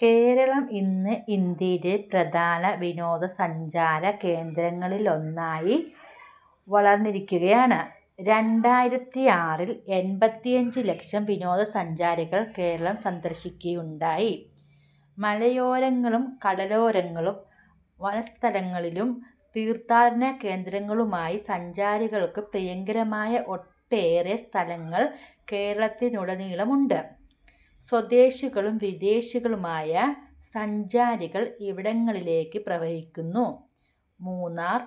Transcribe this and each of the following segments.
കേരളം ഇന്ന് ഇന്ത്യയിലെ പ്രധാന വിനോദസഞ്ചാരകേന്ദ്രങ്ങളിലൊന്നായി വളർന്നിരിക്കുകയാണ്. രണ്ടായിരത്തി ആറിൽ എൺപത്തിയഞ്ച് ലക്ഷം വിനോദസഞ്ചാരികൾ കേരളം സന്ദർശിക്കുകയുണ്ടായി. മലയോരങ്ങളും കടലോരങ്ങളും വനസ്ഥലികളും തീർത്ഥാടന കേന്ദ്രങ്ങളുമായി സഞ്ചാരികൾക്കു പ്രിയങ്കരമായ ഒട്ടേറെ സ്ഥലങ്ങൾ കേരളത്തിലുടനീളമുണ്ട്. സ്വദേശികളും വിദേശികളുമായ സഞ്ചാരികൾ ഇവിടങ്ങളിലേക്ക് പ്രവഹിക്കുന്നു. മൂന്നാർ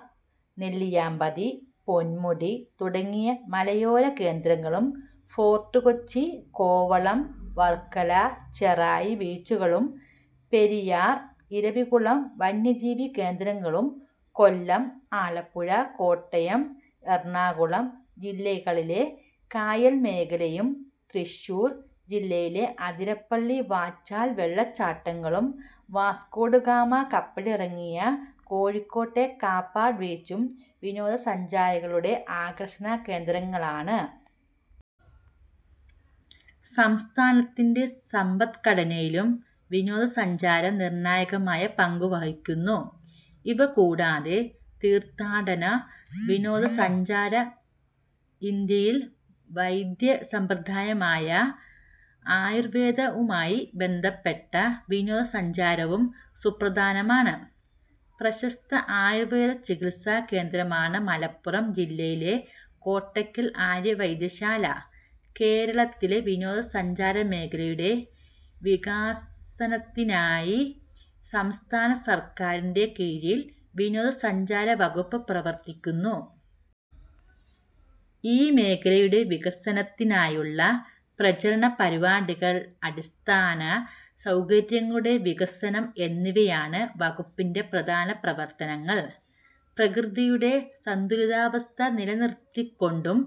നെല്ലിയാമ്പതി പൊന്മുടി തുടങ്ങിയ മലയോര കേന്ദ്രങ്ങളും ഫോർട്ട് കൊച്ചി കോവളം വർക്കല ചെറായി ബീച്ചുകളും പെരിയാർ ഇരവികുളം വന്യജീവി കേന്ദ്രങ്ങളും കൊല്ലം ആലപ്പുഴ കോട്ടയം എറണാകുളം ജില്ലകളിലെ കായൽ മേഖലയും തൃശ്ശൂർ ജില്ലയിലെ അതിരപ്പിള്ളി വാഴച്ചാൽ വെള്ളച്ചാട്ടങ്ങളും വാസ്കോഡഗാമ കപ്പലിറങ്ങിയ കോഴിക്കോട്ടെ കാപ്പാട് ബീച്ചും വിനോദസഞ്ചാരികളുടെ ആകർഷണ കേന്ദ്രങ്ങളാണ്. സംസ്ഥാനത്തിൻ്റെ സമ്പദ്ഘടനയിലും വിനോദസഞ്ചാരം നിർണായകമായ പങ്കു വഹിക്കുന്നു. ഇവ കൂടാതെ തീർത്ഥാടന വിനോദസഞ്ചാരവും ഇന്ത്യൻ വൈദ്യ സമ്പ്രദായമായ ആയുർവേദവുമായി ബന്ധപ്പെട്ട വിനോദസഞ്ചാരവും സുപ്രധാനമാണ്. പ്രശസ്ത ആയുർവേദ ചികിത്സാ കേന്ദ്രമാണ് മലപ്പുറം ജില്ലയിലെ കോട്ടയ്ക്കൽ ആര്യവൈദ്യശാല. കേരളത്തിലെ വിനോദസഞ്ചാര മേഖലയുടെ വികസനത്തിനായി സംസ്ഥാന സർക്കാരിൻ്റെ കീഴിൽ വിനോദസഞ്ചാര വകുപ്പ് പ്രവർത്തിക്കുന്നു. ഈ മേഖലയുടെ വികസനത്തിനായുള്ള പ്രചരണ പരിപാടികൾ അടിസ്ഥാന സൗകര്യങ്ങളുടെ വികസനം എന്നിവയാണ് വകുപ്പിൻ്റെ പ്രധാന പ്രവർത്തനങ്ങൾ. പ്രകൃതിയുടെ സന്തുലിതാവസ്ഥ നിലനിർത്തിക്കൊണ്ടും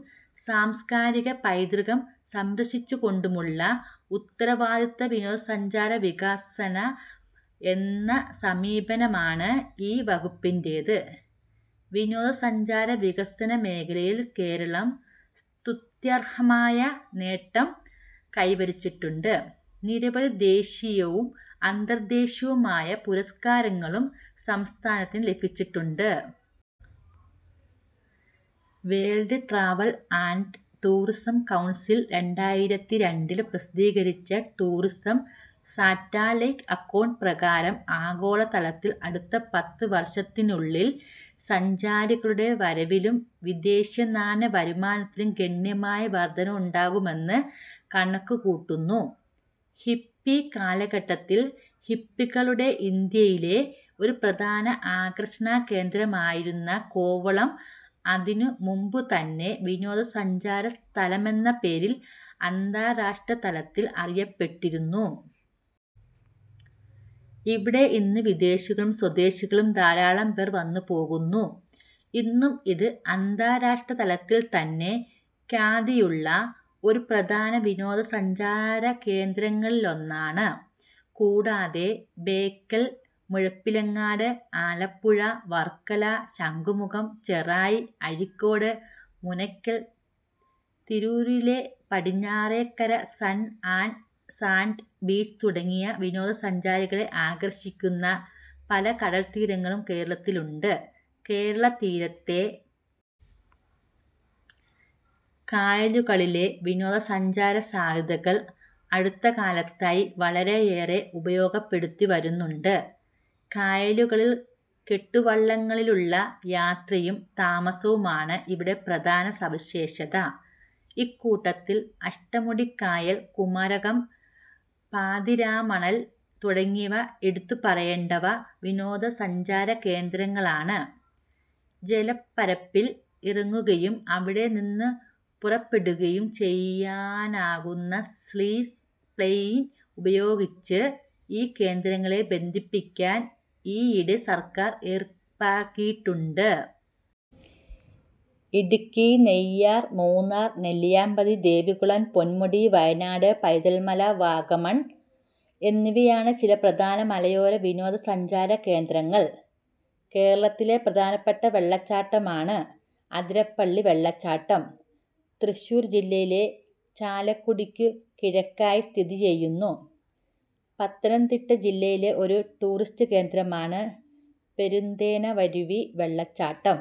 സാംസ്കാരിക പൈതൃകം സംരക്ഷിച്ചുകൊണ്ടുമുള്ള ഉത്തരവാദിത്ത വിനോദസഞ്ചാര വികസനം എന്ന സമീപനമാണ് ഈ വകുപ്പിന്റേത്. വിനോദസഞ്ചാര വികസന മേഖലയിൽ കേരളം സ്തുത്യർഹമായ നേട്ടം കൈവരിച്ചിട്ടുണ്ട്. നിരവധി ദേശീയവും അന്തർദേശീയവുമായ പുരസ്കാരങ്ങളും സംസ്ഥാനത്തിന് ലഭിച്ചിട്ടുണ്ട്. World travel and tourism council രണ്ടായിരത്തി രണ്ടിൽ പ്രസിദ്ധീകരിച്ച ടൂറിസം സാറ്റലൈറ്റ് അക്കൗണ്ട് പ്രകാരം ആഗോള തലത്തിൽ അടുത്ത പത്ത് വർഷത്തിനുള്ളിൽ സഞ്ചാരികളുടെ വരവിലും വിദേശനാണ്യ വരുമാനത്തിലും ഗണ്യമായ വർധനയുണ്ടാകുമെന്ന് കണക്കുകൂട്ടുന്നു. ഹിപ്പി കാലഘട്ടത്തിൽ ഹിപ്പികളുടെ ഇന്ത്യയിലെ ഒരു പ്രധാന ആകർഷണകേന്ദ്രമായിരുന്ന കോവളം അതിനു മുമ്പേതന്നെ വിനോദസഞ്ചാര സ്ഥലമെന്ന പേരിൽ അന്താരാഷ്ട്രതലത്തിൽ അറിയപ്പെട്ടിരുന്നു. ഇവിടെ ഇന്ന് വിദേശികളും സ്വദേശികളുമായി ധാരാളം പേർ വന്നുപോകുന്നു. ഇന്നും ഇത് അന്താരാഷ്ട്രതലത്തിൽത്തന്നെ ഖ്യാതിയുള്ള ഒരു പ്രധാന വിനോദസഞ്ചാരകേന്ദ്രങ്ങളിലൊന്നാണ്. കൂടാതെ ബേക്കൽ മുഴപ്പിലങ്ങാട് ആലപ്പുഴ വർക്കല ശംഖുമുഖം ചെറായി അഴീക്കോട് മുനക്കൽ തിരൂരിലെ Padinjarekkara sun and sand beach തുടങ്ങി വിനോദസഞ്ചാരികളെ ആകർഷിക്കുന്ന പല കടൽത്തീരങ്ങളും കേരളത്തിലുണ്ട്. കേരളതീരത്തെ കായലുകളിലെ വിനോദസഞ്ചാര സാധ്യതകൾ അടുത്തകാലത്തായി വളരെയേറെ ഉപയോഗപ്പെടുത്തിവരുന്നുണ്ട്. കായലുകളിൽ കെട്ടുവള്ളങ്ങളിലുള്ള യാത്രയും താമസവുമാണ് ഇവിടത്തെ പ്രധാന സവിശേഷത. ഇക്കൂട്ടത്തിൽ അഷ്ടമുടിക്കായൽ കുമരകം പാതിരാമണൽ തുടങ്ങിയവ എടുത്തുപറയേണ്ട വിനോദസഞ്ചാരകേന്ദ്രങ്ങളാണ്. ജലപ്പരപ്പിൽ ഇറങ്ങുകയും അവിടെ നിന്ന് പുറപ്പെടുകയും ചെയ്യാനാകുന്ന സീ പ്ലെയിൻ ഉപയോഗിച്ച് ഈ കേന്ദ്രങ്ങളെ ബന്ധിപ്പിക്കാൻ ഈയിടെ സർക്കാർ ഏർപ്പാടാക്കിയിട്ടുണ്ട്. ഇടുക്കി നെയ്യാർ മൂന്നാർ നെല്ലിയാമ്പതി ദേവികുളം പൊൻമുടി വയനാട് പൈതൽ മല വാഗമൺ എന്നിവയാണ് ചില പ്രധാന മലയോര വിനോദസഞ്ചാരകേന്ദ്രങ്ങൾ. കേരളത്തിലെ പ്രധാനപ്പെട്ട വെള്ളച്ചാട്ടമാണ് അതിരപ്പിള്ളി വെള്ളച്ചാട്ടം. തൃശ്ശൂർ ജില്ലയിലെ ചാലക്കുടിക്കു കിഴക്കായി സ്ഥിതി ചെയ്യുന്നു. പത്തനംതിട്ട ജില്ലയിലെ ഒരു ടൂറിസ്റ്റ് കേന്ദ്രമാണ് പെരുന്തേനരുവി വെള്ളച്ചാട്ടം.